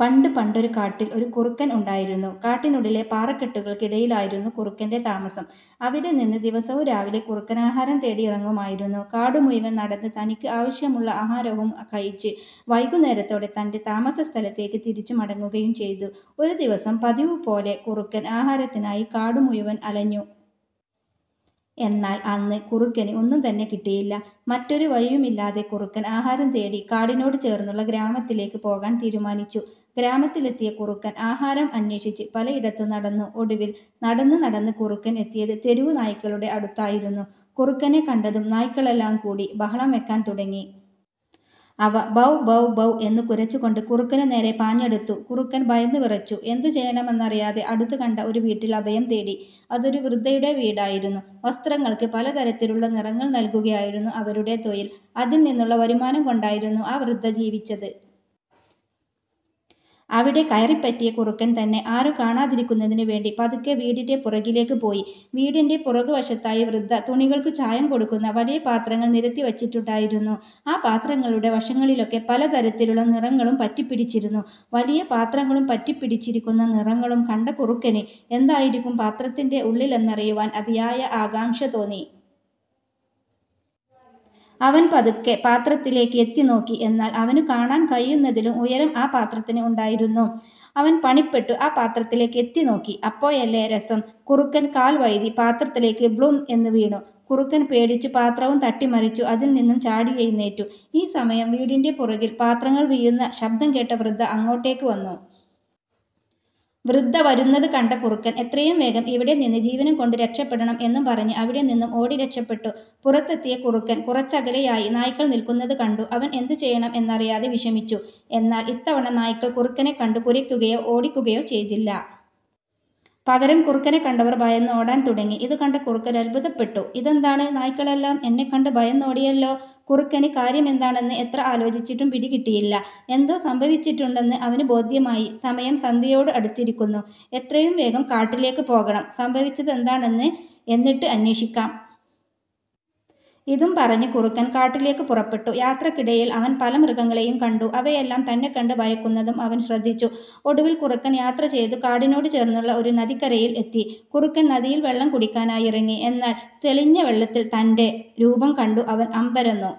പണ്ട് പണ്ടൊരു കാട്ടിൽ ഒരു കുറുക്കൻ ഉണ്ടായിരുന്നു. കാട്ടിനുള്ളിലെ പാറക്കെട്ടുകൾക്ക് ഇടയിലായിരുന്നു കുറുക്കന്റെ താമസം. അവിടെനിന്ന് ദിവസവും രാവിലെ കുറുക്കൻ ആഹാരം തേടി ഇറങ്ങുമായിരുന്നു. കാടു മുഴുവൻ നടന്ന് തനിക്ക് ആവശ്യമുള്ള ആഹാരവും കഴിച്ച് വൈകുന്നേരത്തോടെ തന്റെ താമസസ്ഥലത്തേക്ക് തിരിച്ചു മടങ്ങുകയും ചെയ്തു. ഒരു ദിവസം പതിവുപോലെ കുറുക്കൻ ആഹാരത്തിനായി കാടു മുഴുവൻ അലഞ്ഞു. എന്നാൽ അന്ന് കുറുക്കന് ഒന്നും തന്നെ കിട്ടിയില്ല. മറ്റൊരു വഴിയുമില്ലാതെ കുറുക്കൻ ആഹാരം തേടി കാടിനോട് ചേർന്നുള്ള ഗ്രാമത്തിലേക്ക് പോകാൻ തീരുമാനിച്ചു. ഗ്രാമത്തിലെത്തിയ കുറക്കൻ ആഹാരം അന്വേഷിച്ച് പലയിടത്തും നടന്നു. ഒടുവിൽ നടന്നു നടന്ന് കുറുക്കൻ എത്തിയത് തെരുവു നായ്ക്കളുടെ അടുത്തായിരുന്നു. കുറുക്കനെ കണ്ടതും നായ്ക്കളെല്ലാം കൂടി ബഹളം വയ്ക്കാൻ തുടങ്ങി. അവ ബൗ ബൗ ബൗ എന്നു കുരച്ചു കൊണ്ട് കുറുക്കനു നേരെ പാഞ്ഞടുത്തു. കുറുക്കൻ ഭയന്നുവിറച്ചു. എന്തു ചെയ്യണമെന്നറിയാതെ അടുത്തു കണ്ട ഒരു വീട്ടിൽ അഭയം തേടി. അതൊരു വൃദ്ധയുടെ വീടായിരുന്നു. വസ്ത്രങ്ങൾക്ക് പലതരത്തിലുള്ള നിറങ്ങൾ നൽകുകയായിരുന്നു അവരുടെ തൊഴിൽ. അതിൽ നിന്നുള്ള വരുമാനം കൊണ്ടായിരുന്നു ആ വൃദ്ധ ജീവിച്ചത്. അവിടെ കയറിപ്പറ്റിയ കുറുക്കൻ തന്നെ ആരും കാണാതിരിക്കുന്നതിന് വേണ്ടി പതുക്കെ വീടിന്റെ പുറകിലേക്ക് പോയി. വീടിന്റെ പുറകുവശത്തായി വൃദ്ധ തുണികൾക്കു ചായം കൊടുക്കുന്ന വലിയ പാത്രങ്ങൾ നിരത്തി വച്ചിട്ടുണ്ടായിരുന്നു. ആ പാത്രങ്ങളുടെ വശങ്ങളിലൊക്കെ പല തരത്തിലുള്ള നിറങ്ങളും പറ്റിപിടിച്ചിരുന്നു. വലിയപാത്രങ്ങളും പറ്റിപിടിച്ചിരിക്കുന്ന നിറങ്ങളും കണ്ട കുറുക്കന് എന്തായിരിക്കും പാത്രത്തിന്റെ ഉള്ളിലെന്നറിയുവാൻ അതിയായ ആകാംഷ തോന്നി. അവൻ പതുക്കെ പാത്രത്തിലേക്ക് എത്തിനോക്കി. എന്നാൽ അവനു കാണാൻ കഴിയുന്നതിലും ഉയരം ആ പത്രത്തിന് ഉണ്ടായിരുന്നു. അവൻ പണിപ്പെട്ടു ആ പാത്രത്തിലേക്ക് എത്തിനോക്കി. അപ്പോഴല്ലേ രസം കുറുക്കൻ കാൽവഴുതി പാത്രത്തിലേക്ക് ബ്ലും എന്നു വീണു. കുറുക്കൻ പേടിച്ചു പാത്രവും തട്ടിമറിച്ചു അതിൽ നിന്നും ചാടിയെഴുന്നേറ്റു. ഈ സമയം വീടിന്റെ പുറകിൽ പാത്രങ്ങൾ വീഴുന്ന ശബ്ദം കേട്ട വൃദ്ധ അങ്ങോട്ടേക്ക് വന്നു. വൃദ്ധ വരുന്നത് കണ്ട കുറുക്കൻ "എത്രയും വേഗം ഇവിടെ നിന്ന് ജീവനും കൊണ്ട് രക്ഷപ്പെടണം. " എന്നും പറഞ്ഞ് അവിടെ നിന്നും ഓടി രക്ഷപ്പെട്ടു. പുറത്തെത്തിയ കുറുക്കൻ കുറച്ചകലെയായി നായ്ക്കൾ നിൽകുന്നത് കണ്ടു. അവൻ എന്തു ചെയ്യണം എന്നറിയാതെ വിഷമിച്ചു. എന്നാൽ ഇത്തവണ നായ്ക്കൾ കുറുക്കനെ കണ്ടു കുരയ്ക്കുകയോ ഓടിക്കുകയോ ചെയ്തില്ല. പകരം കുറുക്കനെ കണ്ടവർ ഭയന്ന് ഓടാൻ തുടങ്ങി. ഇതുകണ്ട കുറുക്കൻ അത്ഭുതപ്പെട്ടു. "ഇതെന്താണ് നായ്ക്കളെല്ലാം എന്നെ കണ്ട് ഭയന്നോടിയല്ലോ? " കുറുക്കന് കാര്യമെന്താണെന്ന് എത്ര ആലോചിച്ചിട്ടും പിടികിട്ടിയില്ല. എന്തോ സംഭവിച്ചിട്ടുണ്ടെന്ന് അവന് ബോധ്യമായി. "സമയം സന്ധ്യയോട് അടുത്തിരിക്കുന്നു. എത്രയും വേഗം കാട്ടിലേക്ക് പോകണം. സംഭവിച്ചതെന്താണെന്ന് എന്നിട്ട് അന്വേഷിക്കാം. " ഇതും പറഞ്ഞ് കുറുക്കൻ കാട്ടിലേക്ക് പുറപ്പെട്ടു. യാത്രക്കിടയിൽ അവൻ പല മൃഗങ്ങളെയും കണ്ടു. അവയെല്ലാം തന്നെ കണ്ട് ഭയക്കുന്നതും അവൻ ശ്രദ്ധിച്ചു. ഒടുവിൽ കുറുക്കൻ യാത്ര ചെയ്തു കാടിനോട് ചേർന്നുള്ള ഒരു നദിക്കരയിൽ എത്തി. കുറുക്കൻ നദിയിൽ വെള്ളം കുടിക്കാനായിറങ്ങി. എന്നാൽ തെളിഞ്ഞ വെള്ളത്തിൽ തന്റെ രൂപം കണ്ടു അവൻ അമ്പരന്നു.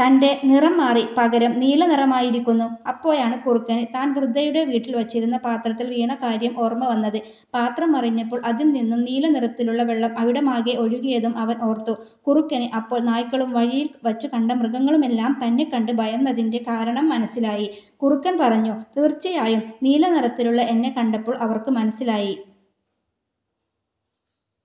തന്റെ നിറം മാറി പകരം നീല നിറമായിരിക്കുന്നു. അപ്പോഴാണ് കുറുക്കന് താൻ വൃദ്ധയുടെ വീട്ടിൽ വച്ചിരുന്ന പാത്രത്തിൽ വീണ കാര്യം ഓർമ വന്നത്. പാത്രം മറിഞ്ഞപ്പോൾ അതിൽ നിന്നും നീലനിറത്തിലുള്ള വെള്ളം അവിടമാകെ ഒഴുകിയതും അവൻ ഓർത്തു. കുറുക്കന് അപ്പോൾ നായ്ക്കളും വഴിയിൽ വച്ചു കണ്ട മൃഗങ്ങളുമെല്ലാം തന്നെ കണ്ട് ഭയന്നതിന്റെ കാരണം മനസ്സിലായി. കുറുക്കൻ പറഞ്ഞു "തീർച്ചയായും നീലനിറത്തിലുള്ള എന്നെ കണ്ടപ്പോൾ അവർക്ക് മനസ്സിലായി